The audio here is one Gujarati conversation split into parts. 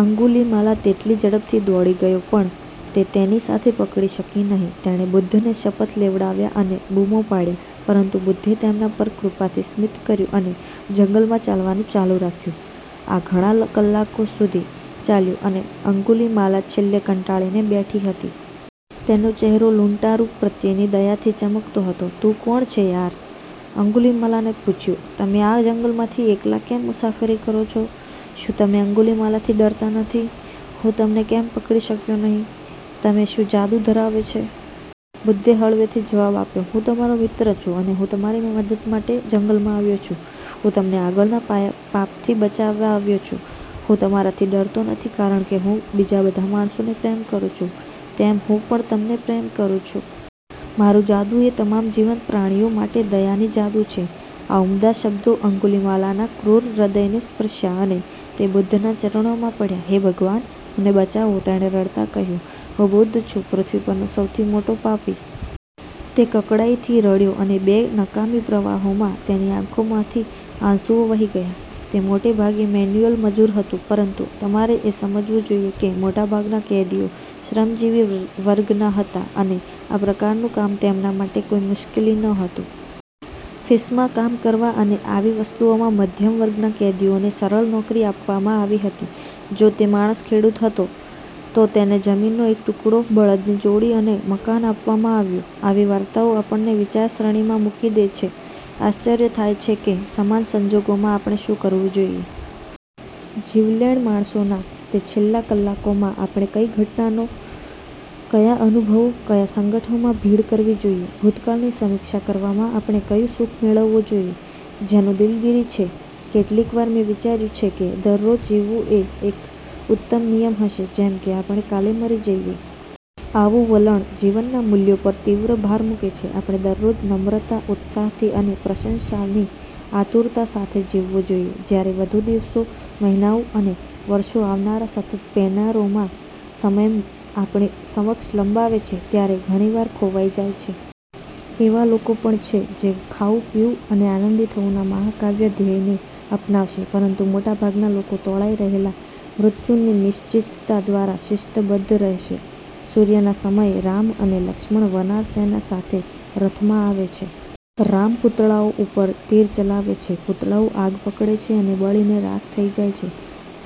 અંગુલિમાલા તેટલી ઝડપથી દોડી ગયો પણ તે તેની સાથે પકડી શકી નહીં. તેણે બુદ્ધને શપથ લેવડાવ્યા અને બુમો પાડ્યા, પરંતુ બુદ્ધે તેમના પર કૃપાથી સ્મિત કર્યું અને જંગલમાં ચાલવાનું ચાલુ રાખ્યું. આ ઘણા કલાકો સુધી ચાલ્યું અને અંગુલીમાલા છેલ્લે કંટાળીને બેઠી હતી. તેનો ચહેરો લૂંટારુ પ્રત્યેની દયાથી ચમકતો હતો. તું કોણ છે યાર? અંગુલિમાલાને પૂછ્યું. તમે આ જંગલમાંથી એકલા કેમ મુસાફરી કરો છો? શું તમે અંગુલિમાલાથી ડરતા નથી? હું તમને કેમ પકડી શક્યો નહીં? તમે શું જાદુ ધરાવે છે? બુદ્ધે હળવેથી જવાબ આપ્યો, હું તમારો મિત્ર છું અને હું તમારી મદદ માટે જંગલમાં આવ્યો છું. હું તમને આગળના પાપથી બચાવવા આવ્યો છું. હું તમારાથી ડરતો નથી કારણ કે હું બીજા બધા માણસોને પ્રેમ કરું છું તેમ હું પણ તમને પ્રેમ કરું છું. મારું જાદુ એ તમામ જીવંત પ્રાણીઓ માટે દયાની જાદુ છે. આ ઉમદા શબ્દો અંગુલિમાલાના ક્રૂર હૃદયને સ્પર્શ્યા અને તે બુદ્ધના ચરણોમાં પડ્યા. હે ભગવાન મને બચાવો! તેણે રડતાં કહ્યું, હું બુદ્ધ છું પૃથ્વી પરનો સૌથી મોટો પાપી. તે કડકાઈથી રડ્યો અને બે નકામી પ્રવાહોમાં તેની આંખોમાંથી આંસુઓ વહી ગયા. તે મોટે ભાગે મેન્યુઅલ મજૂર હતું, પરંતુ તમારે એ સમજવું જોઇએ કે મોટાભાગના કેદીઓ શ્રમજીવી વર્ગના હતા, અને આ પ્રકારનું કામ તેમના માટે કોઈ મુશ્કેલી ન હતું. -ફિસમાં કામ કરવા અને આવી વસ્તુઓમાં મધ્યમ વર્ગના કેદીઓને સરળ નોકરી આપવામાં આવી હતી. જો તે માણસ ખેડૂત હતો, તો તેને જમીનનો એક ટુકડો, બળદની જોડી અને મકાન આપવામાં આવ્યું. આવી વાર્તાઓ આપણને વિચારસરણીમાં મૂકી દે છે, આશ્ચર્ય થાય છે કે સમાન સંજોગોમાં આપણે શું કરવું જોઈએ. જીવલેણ માણસોના તે છેલ્લા કલાકોમાં આપણે કઈ ઘટનાઓ, કયા અનુભવો, કયા સંગઠનોમાં ભીડ કરવી જોઈએ? ભૂતકાળની સમીક્ષા કરવામાં આપણે કયું સુખ મેળવવું જોઈએ, જેનો દિલગીરી છે? કેટલીકવાર મેં વિચાર્યું છે કે દરરોજ જીવવું એ એક ઉત્તમ નિયમ હશે જેમ કે આપણે કાલે મરી જઈએ. આવું વલણ જીવનના મૂલ્યો પર તીવ્ર ભાર મૂકે છે. આપણે દરરોજ નમ્રતા, ઉત્સાહથી અને પ્રશંસાની આતુરતા સાથે જીવવું જોઈએ, જ્યારે વધુ દિવસો, મહિનાઓ અને વર્ષો આવનારા સતત પેનોરામામાં સમય આપણી સમક્ષ લંબાવે છે ત્યારે ઘણી વાર ખોવાઈ જાય છે. એવા લોકો પણ છે, જેઓ ખાવું, પીવું અને આનંદી થવુંના મહાકાવ્ય ધ્યેયને અપનાવશે, પરંતુ મોટાભાગના લોકો તોળાઈ રહેલા મૃત્યુની નિશ્ચિતતા દ્વારા શિસ્તબદ્ધ રહેશે. સૂર્યના સમયે રામ અને લક્ષ્મણ વનાર સેના સાથે રથમાં આવે છે. રામ પુતળાઓ ઉપર તીર ચલાવે છે. પુતળાઓ આગ પકડે છે અને બળીને રાખ થઈ જાય છે.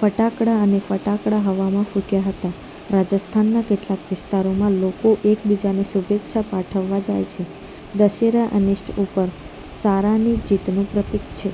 ફટાકડા અને ફટાકડા હવામાં ફૂટ્યા હતા. રાજસ્થાનના કેટલાક વિસ્તારોમાં લોકો એક બીજાને શુભેચ્છા પાઠવવા જાય છે. દશેરા અનિષ્ટ ઉપર સારાની જીતનું પ્રતીક છે.